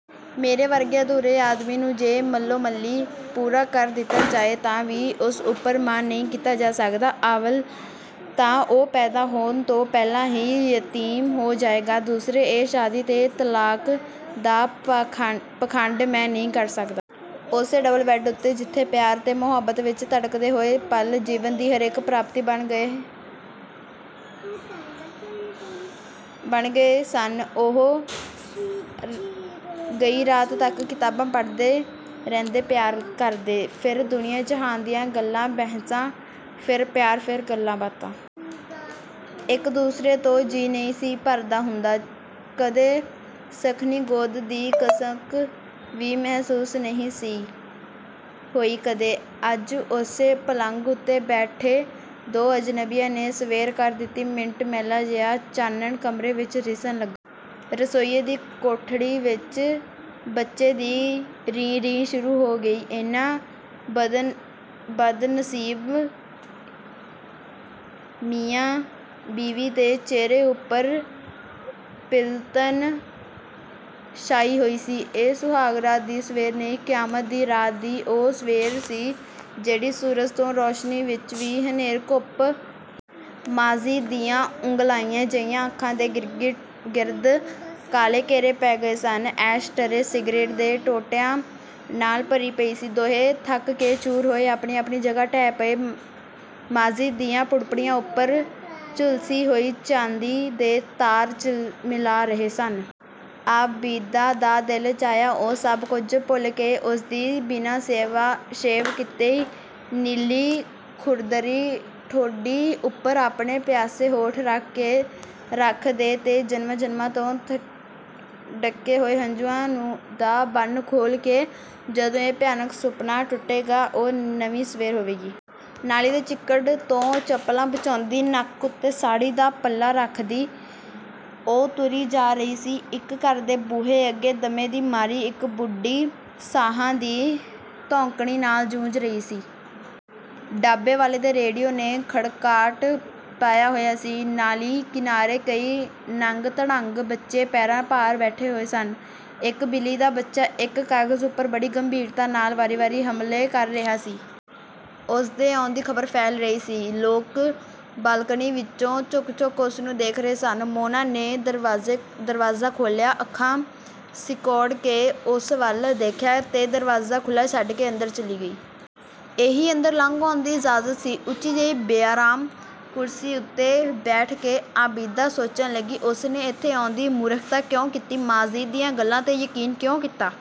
"ਮੇਰੇ ਵਰਗੇ ਅਧੂਰੇ ਆਦਮੀ ਨੂੰ ਜੇ ਮੱਲੋ-ਮੱਲੀ ਪੂਰਾ ਕਰ ਦਿੱਤਾ ਜਾਏ ਤਾਂ ਵੀ ਉਸ ਉੱਪਰ ਮਾਣ ਨਹੀਂ ਕੀਤਾ ਜਾ ਸਕਦਾ। ਅੱਵਲ ਤਾਂ ਉਹ ਪੈਦਾ ਹੋਣ ਤੋਂ ਪਹਿਲਾਂ ਹੀ ਯਤੀਮ ਹੋ ਜਾਏਗਾ, ਦੂਸਰੇ ਇਹ ਸ਼ਾਦੀ ਤੇ ਤਲਾਕ ਦਾ ਪਾਖੰਡ ਮੈਂ ਨਹੀਂ ਕਰ ਸਕਦਾ।" ਉਸੇ ਡਬਲ-ਬੈੱਡ ਉੱਤੇ ਜਿੱਥੇ ਪਿਆਰ ਤੇ ਮੁਹੱਬਤ ਵਿੱਚ ਧੜਕਦੇ ਹੋਏ ਪਲ ਜੀਵਨ ਦੀ ਹਰੇਕ ਪ੍ਰਾਪਤੀ ਬਣ ਗਏ ਸਨ, ਉਹ ਗਈ ਰਾਤ ਤੱਕ ਕਿਤਾਬਾਂ ਪੜ੍ਹਦੇ ਰਹਿੰਦੇ, ਪਿਆਰ ਕਰਦੇ। ਫਿਰ ਦੁਨੀਆਂ-ਜਹਾਨ ਦੀਆਂ ਗੱਲਾਂ-ਬਹਿਸਾਂ, ਫਿਰ ਪਿਆਰ, ਫਿਰ ਗੱਲਾਂ-ਬਾਤਾਂ। ਇੱਕ ਦੂਸਰੇ ਤੋਂ ਜੀਅ ਹੀ ਨਹੀਂ ਸੀ ਭਰਦਾ ਹੁੰਦਾ। ਕਦੇ ਸੱਖਣੀ ਗੋਦ ਦੀ ਕਸਕ ਵੀ ਮਹਿਸੂਸ ਨਹੀਂ ਸੀ ਹੋਈ ਕਦੇ। ਅੱਜ ਉਸੇ ਪਲੰਘ ਉੱਤੇ ਬੈਠੇ ਦੋ ਅਜਨਬੀਆਂ ਨੇ ਸਵੇਰ ਕਰ ਦਿੱਤੀ। ਮਿਟ-ਮੈਲਾ ਜਿਹਾ ਚਾਨਣ ਕਮਰੇ ਵਿੱਚ ਰਿਸਣ ਲੱਗਾ। ਰਸੋਈਏ ਦੀ ਕੋਠੜੀ ਵਿੱਚ ਬੱਚੇ ਦੀ 'ਰੀਂ-ਰੀਂ' ਸ਼ੁਰੂ ਹੋ ਗਈ। ਇਹਨਾਂ ਬਦਨਸੀਬ ਮੀਆਂ-ਬੀਵੀ ਦੇ ਚਿਹਰੇ ਉੱਪਰ ਪੀਲਤਨ ਛਾਈ ਹੋਈ ਸੀ। ਇਹ ਸੁਹਾਗ ਰਾਤ ਦੀ ਸਵੇਰ ਨਹੀਂ, ਕਿਆਮਤ ਦੀ ਰਾਤ ਦੀ ਉਹ ਸਵੇਰ ਸੀ ਜਿਹੜੀ ਸੂਰਜ ਦੀ ਰੋਸ਼ਨੀ ਵਿੱਚ ਵੀ ਹਨੇਰ-ਘੁੱਪ ਮਾਜਿਦ ਦੀਆਂ ਉੰਘਲਾਈਆਂ ਜਿਹੀਆਂ ਅੱਖਾਂ ਦੇ ਗਿਰਦ ਕਾਲੇ ਘੇਰੇ ਪੈ ਗਏ ਸਨ। ਐਸ਼-ਟਰੇ ਸਿਗਰੇਟ ਦੇ ਟੋਟਿਆਂ ਨਾਲ ਭਰੀ ਪਈ ਸੀ। ਦੋਹੇਂ ਥੱਕ ਕੇ ਚੂਰ ਹੋਏ, ਆਪਣੀ-ਆਪਣੀ ਜਗ੍ਹਾ ਢਹਿ ਪਏ। ਮਾਜਿਦ ਦੀਆਂ ਪੁੜਪੁੜੀਆਂ ਉੱਪਰ ਝੁਲਸੀ ਹੋਈ ਚਾਂਦੀ ਦੇ ਤਾਰ ਝਿਲਮਿਲਾ ਰਹੇ ਸਨ। ਆਬਿਦਾ ਦਾ ਦਿਲ ਚਾਹਿਆ ਉਹ ਸਭ ਕੁਝ ਭੁੱਲ ਕੇ ਉਸਦੀ ਬਿਨਾਂ ਸ਼ੇਵ ਕੀਤੀ, ਨੀਲੀ ਖੁਰਦਰੀ ਠੋਡੀ ਉੱਪਰ ਆਪਣੇ ਪਿਆਸੇ ਹੋਂਠ ਰੱਖ ਦੇ ਤੇ ਜਨਮਾਂ-ਜਨਮਾਂ ਤੋਂ ਡੱਕੇ ਹੋਏ ਹੰਝੂਆਂ ਦਾ ਬੰਨ੍ਹ ਖੋਲ੍ਹ ਕੇ। ਜਦੋਂ ਇਹ ਭਿਆਨਕ ਸੁਪਨਾ ਟੁੱਟੇਗਾ, ਉਹ ਨਵੀਂ ਸਵੇਰ ਹੋਵੇਗੀ। ਨਾਲੀ ਦੇ ਚਿੱਕੜ ਤੋਂ ਚੱਪਲਾਂ ਬਚਾਉਂਦੀ, ਨੱਕ ਉੱਤੇ ਸਾੜ੍ਹੀ ਦਾ ਪੱਲਾ ਰੱਖਦੀ, ਉਹ ਤੁਰੀ ਜਾ ਰਹੀ ਸੀ। ਇੱਕ ਘਰ ਦੇ ਬੂਹੇ ਅੱਗੇ ਦਮੇ ਦੀ ਮਾਰੀ ਇੱਕ ਬੁੱਢੀ ਸਾਹਾਂ ਦੀ ਧੌਂਕਣੀ ਨਾਲ ਜੂਝ ਰਹੀ ਸੀ। ਢਾਬੇ ਵਾਲੇ ਦੇ ਰੇਡੀਓ ਨੇ 'ਖੜਕਾਟ' ਪਾਇਆ ਹੋਇਆ ਸੀ। ਨਾਲੀ ਕਿਨਾਰੇ ਕਈ ਨੰਗ-ਧੜੰਗ ਬੱਚੇ ਪੈਰਾਂ ਭਾਰ ਬੈਠੇ ਹੋਏ ਸਨ। ਇੱਕ ਬਿੱਲੀ ਦਾ ਬੱਚਾ ਇੱਕ ਕਾਗਜ਼ ਉੱਪਰ ਬੜੀ ਗੰਭੀਰਤਾ ਨਾਲ ਵਾਰੀ-ਵਾਰੀ ਹਮਲੇ ਕਰ ਰਿਹਾ ਸੀ। ਉਸਦੇ ਆਉਣ ਦੀ ਖ਼ਬਰ ਫੈਲ ਰਹੀ ਸੀ। ਲੋਕ ਬਾਲਕੋਨੀ ਵਿੱਚੋਂ ਝੁਕ-ਝੁਕ ਉਸਨੂੰ ਦੇਖ ਰਹੇ ਸਨ। ਮੋਨਾ ਨੇ ਦਰਵਾਜ਼ਾ ਖੋਲ੍ਹਿਆ, ਅੱਖਾਂ ਸਿਕੋੜ ਕੇ ਉਸ ਵੱਲ ਦੇਖਿਆ ਤੇ ਦਰਵਾਜ਼ਾ ਖੁੱਲ੍ਹਾ ਛੱਡ ਕੇ ਅੰਦਰ ਚਲੀ ਗਈ। ਇਹੀ ਅੰਦਰ ਲੰਘ ਆਉਣ ਦੀ ਇਜਾਜ਼ਤ ਸੀ। ਉੱਚੀ ਜਿਹੀ ਬੇਆਰਾਮ ਕੁਰਸੀ ਉੱਤੇ ਬੈਠ ਕੇ ਆਬਿਦਾ ਸੋਚਣ ਲੱਗੀ, 'ਉਸਨੇ ਇੱਥੇ ਆਉਣ ਦੀ ਮੂਰਖਤਾ ਕਿਉਂ ਕੀਤੀ?... ਮਾਜਿਦ ਦੀਆਂ ਗੱਲਾਂ 'ਤੇ ਯਕੀਨ ਕਿਉਂ?